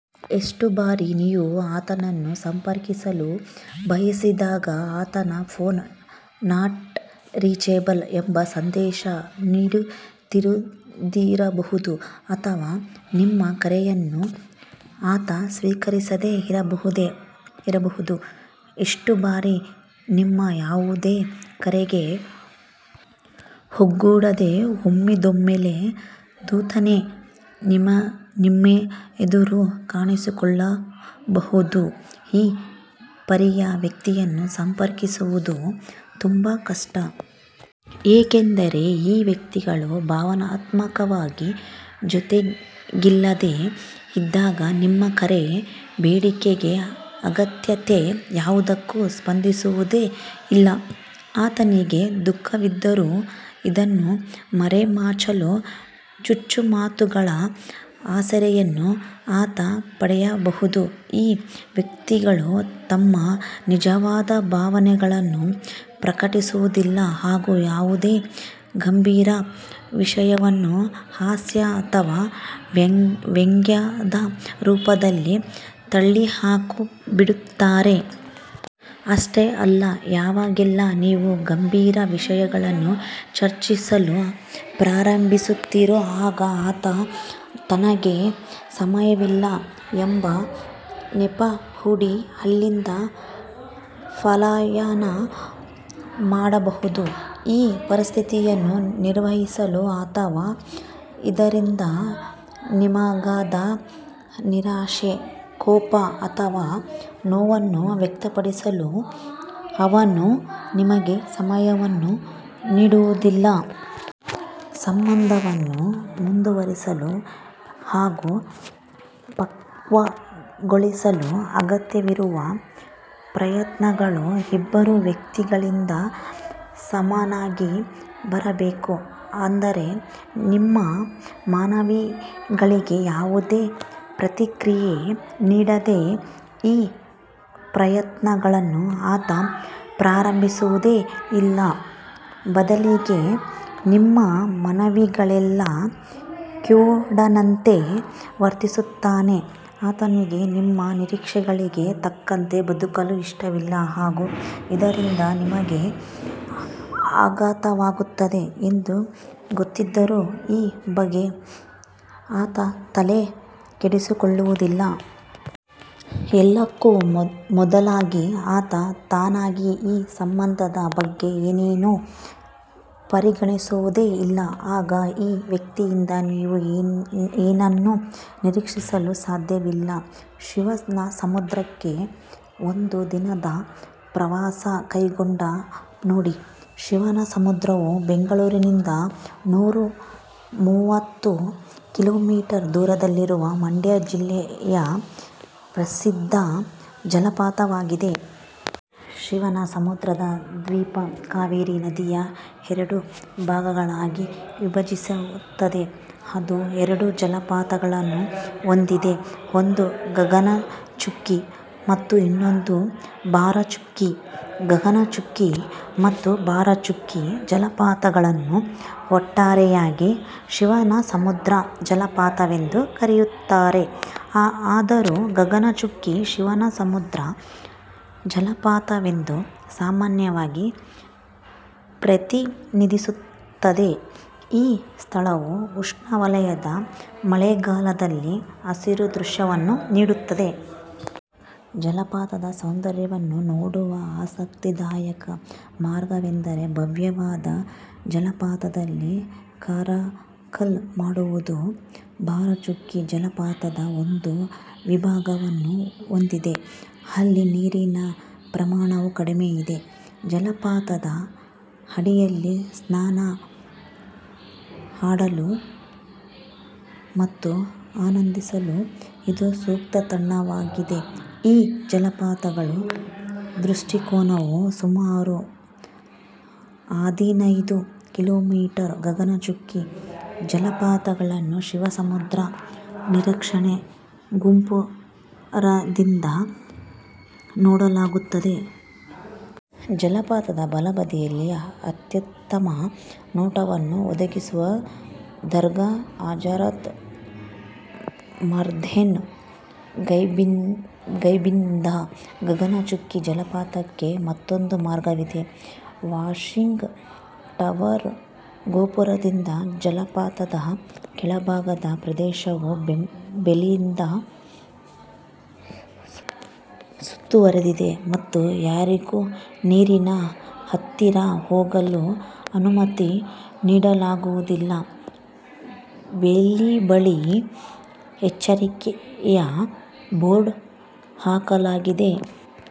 ಎಷ್ಟೋ ಬಾರಿ, ನೀವು ಆತನನ್ನು ಸಂಪರ್ಕಿಸಲು ಬಯಸಿದಾಗ ಆತನ ಫೋನ್ ನಾಟ್ ರೀಚಬಲ್ ಎಂಬ ಸಂದೇಶ ನೀಡುತ್ತಿದ್ದಿರಬಹುದು ಅಥವಾ ನಿಮ್ಮ ಕರೆಯನ್ನು ಆತ ಸ್ವೀಕರಿಸದೇ ಇರಬಹುದು. ಎಷ್ಟೋ ಬಾರಿ ನಿಮ್ಮ ಯಾವುದೇ ಕರೆಗೆ ಓಗೊಡದೇ ಒಮ್ಮಿಂದೊಮ್ಮೆಲೇ ಧುತ್ತನೆ ನಿಮ್ಮೆದುರು ಕಾಣಿಸಿಕೊಳ್ಳಬಹುದು. ಈ ಪರಿಯ ವ್ಯಕ್ತಿಯನ್ನು ಸಂಪರ್ಕಿಸುವುದು ತುಂಬಾ ಕಷ್ಟ. ಏಕೆಂದರೆ, ಈ ವ್ಯಕ್ತಿಗಳು ಭಾವನಾತ್ಮಕವಾಗಿ ಜೊತೆಗಿಲ್ಲದೇ ಇದ್ದಾಗ ನಿಮ್ಮ ಕರೆ, ಬೇಡಿಕೆ, ಅಗತ್ಯತೆ ಯಾವುದಕ್ಕೂ ಸ್ಪಂದಿಸುವುದೇ ಇಲ್ಲ. ಆತನಿಗೆ ದುಃಖವಿದ್ದರೂ ಇದನ್ನು ಮರೆಮಾಚಲು ಚುಚ್ಚುಮಾತುಗಳ ಆಸರೆಯನ್ನು ಆತ ಪಡೆಯಬಹುದು. ಈ ವ್ಯಕ್ತಿಗಳು ತಮ್ಮ ನಿಜವಾದ ಭಾವನೆಗಳನ್ನು ಪ್ರಕಟಿಸುವುದಿಲ್ಲ ಹಾಗೂ ಯಾವುದೇ ಗಂಭೀರ ವಿಷಯವನ್ನೂ ಹಾಸ್ಯ ಅಥವಾ ವ್ಯಂಗ್ಯದ ರೂಪದಲ್ಲಿ ತಳ್ಳಿಹಾಕಿಬಿಡುತ್ತಾರೆ. ಅಷ್ಟೇ ಅಲ್ಲ, ಯಾವಾಗೆಲ್ಲಾ ನೀವು ಗಂಭೀರ ವಿಷಯಗಳನ್ನು ಚರ್ಚಿಸಲು ಪ್ರಾರಂಭಿಸುತ್ತೀರೋ ಆಗ ಆತ ತನಗೆ ಸಮಯವಿಲ್ಲ ಎಂಬ ನೆಪ ಹೂಡಿ ಅಲ್ಲಿಂದ ಪಲಾಯನ ಮಾಡಬಹುದು. ಈ ಪರಿಸ್ಥಿತಿಯನ್ನು ನಿರ್ವಹಿಸಲು ಅಥವಾ ಇದರಿಂದ ನಿಮಗಾದ ನಿರಾಶೆ, ಕೋಪ ಅಥವಾ ನೋವನ್ನು ವ್ಯಕ್ತಪಡಿಸಲೂ ಅವನು ನಿಮಗೆ ಸಮಯವನ್ನು ನೀಡುವುದಿಲ್ಲ. ಸಂಬಂಧವನ್ನು ಮುಂದುವರೆಸಲು ಹಾಗೂ ಪಕ್ವಗೊಳಿಸಲು ಅಗತ್ಯವಿರುವ ಪ್ರಯತ್ನಗಳು ಇಬ್ಬರೂ ವ್ಯಕ್ತಿಗಳಿಂದ ಸಮಾನವಾಗಿ ಬರಬೇಕು. ಆದರೆ ನಿಮ್ಮ ಮನವಿಗಳಿಗೆ ಯಾವುದೇ ಪ್ರತಿಕ್ರಿಯೆ ನೀಡದೇ ಈ ಪ್ರಯತ್ನಗಳನ್ನು ಆತ ಪ್ರಾರಂಭಿಸುವುದೇ ಇಲ್ಲ, ಬದಲಿಗೆ, ನಿಮ್ಮ ಮನವಿಗಳಿಗೆಲ್ಲಾ ಕಿವುಡನೆಂತೆ ವರ್ತಿಸುತ್ತಾನೆ. ಆತನಿಗೆ ನಿಮ್ಮ ನಿರೀಕ್ಷೆಗಳಿಗೆ ತಕ್ಕಂತೆ ಬದುಕಲು ಇಷ್ಟವಿಲ್ಲ ಹಾಗೂ ಇದರಿಂದ ನಿಮಗೆ ಆಘಾತವಾಗುತ್ತದೆ ಎಂದು ಗೊತ್ತಿದ್ದರೂ ಈ ಬಗ್ಗೆ ಆತ ತಲೆ ಕೆಡಿಸಿಕೊಳ್ಳುವುದಿಲ್ಲ. ಎಲ್ಲಕ್ಕೂ ಮೊದಲಾಗಿ, ಆತ ತಾನಾಗಿ ಈ ಸಂಬಂಧದ ಬಗ್ಗೆ ಏನನ್ನೂ ಪರಿಗಣಿಸುವುದೇ ಇಲ್ಲ. ಆಗ ಈ ವ್ಯಕ್ತಿಯಿಂದ ನೀವು ಏನನ್ನೂ ನಿರೀಕ್ಷಿಸಲು ಸಾಧ್ಯವಿಲ್ಲ. ಶಿವನಸಮುದ್ರಕ್ಕೆ ಒಂದು ದಿನದ ಪ್ರವಾಸ ಕೈಗೊಂಡು ನೋಡಿ ಶಿವನಸಮುದ್ರವು ಬೆಂಗಳೂರಿನಿಂದ ನೂರ ಮೂವತ್ತು ಕಿಲೋಮೀಟರ್ ದೂರದಲ್ಲಿರುವ ಮಂಡ್ಯ ಜಿಲ್ಲೆಯ ಪ್ರಸಿದ್ಧ ಜಲಪಾತವಾಗಿದೆ. ಶಿವನಸಮುದ್ರದ ದ್ವೀಪ ಕಾವೇರಿ ನದಿಯ ಎರಡು ಭಾಗಗಳಾಗಿ ವಿಭಜಿಸುತ್ತದೆ, ಅದು ಎರಡು ಜಲಪಾತಗಳನ್ನು ಹೊಂದಿದೆ, ಒಂದು ಗಗನಚುಕ್ಕಿ ಮತ್ತು ಇನ್ನೊಂದು ಬರಾಚುಕ್ಕಿ. ಗಗನಚುಕ್ಕಿ ಮತ್ತು ಬರಚುಕ್ಕಿ ಜಲಪಾತಗಳನ್ನು ಒಟ್ಟಾರೆಯಾಗಿ ಶಿವನಸಮುದ್ರ ಜಲಪಾತವೆಂದು ಕರೆಯುತ್ತಾರೆ. ಆದರೂ ಗಗನಚುಕ್ಕಿ ಶಿವನಸಮುದ್ರ ಜಲಪಾತವೆಂದು ಸಾಮಾನ್ಯವಾಗಿ ಪ್ರತಿನಿಧಿಸುತ್ತದೆ. ಈ ಸ್ಥಳವು ಉಷ್ಣವಲಯದ ಮಳೆಗಾಲದಲ್ಲಿ ಹಸಿರು ದೃಶ್ಯವನ್ನು ನೀಡುತ್ತದೆ. ಜಲಪಾತದ ಸೌಂದರ್ಯವನ್ನು ನೋಡುವ ಆಸಕ್ತಿದಾಯಕ ಮಾರ್ಗವೆಂದರೆ ಭವ್ಯವಾದ ಜಲಪಾತದಲ್ಲಿ ಕಾರಾಕಲ್ ಮಾಡುವುದು. ಬರಾಚುಕ್ಕಿ ಜಲಪಾತದ ಒಂದು ವಿಭಾಗವನ್ನು ಹೊಂದಿದೆ, ಅಲ್ಲಿ ನೀರಿನ ಪ್ರಮಾಣವು ಕಡಿಮೆ ಇದೆ. ಜಲಪಾತದ ಅಡಿಯಲ್ಲಿ ಸ್ನಾನ ಆಡಲು ಮತ್ತು ಆನಂದಿಸಲು ಇದು ಸೂಕ್ತ ತಾಣವಾಗಿದೆ. ಈ ಜಲಪಾತಗಳ ದೃಷ್ಟಿಕೋನವು ಸುಮಾರು ಹದಿನೈದು ಕಿಲೋಮೀಟರ್ ಗಗನಚುಕ್ಕಿ ಜಲಪಾತಗಳನ್ನು ಶಿವನಸಮುದ್ರ ವೀಕ್ಷಣೆ ಗೋಪುರದಿಂದ ನೋಡಲಾಗುತ್ತದೆ. ಜಲಪಾತದ ಬಲ ಬದಿಯಲ್ಲಿ ಅತ್ಯುತ್ತಮ ನೋಟವನ್ನು ಒದಗಿಸುವ ದರ್ಗಾ ಹಜರಥ್ ಮರ್ದೆನ್ ಗೈಬ್ನಿಂದ ಗಗನಚುಕ್ಕಿ ಜಲಪಾತಕ್ಕೆ ಮತ್ತೊಂದು ಮಾರ್ಗವಿದೆ. ವಾಶಿಂಗ್ ಟವರ್ ಗೋಪುರದಿಂದ ಜಲಪಾತದ ಕೆಳಭಾಗದ ಪ್ರದೇಶವು ಬೇಲಿಯಿಂದ ಸುತ್ತುವರಿದಿದೆ ಮತ್ತು ಯಾರಿಗೂ ನೀರಿನ ಹತ್ತಿರ ಹೋಗಲು ಅನುಮತಿ ನೀಡಲಾಗುವುದಿಲ್ಲ. ಬೇಲಿ ಬಳಿ ಎಚ್ಚರಿಕೆಯ ಬೋರ್ಡ್ ಹಾಕಲಾಗಿದೆ.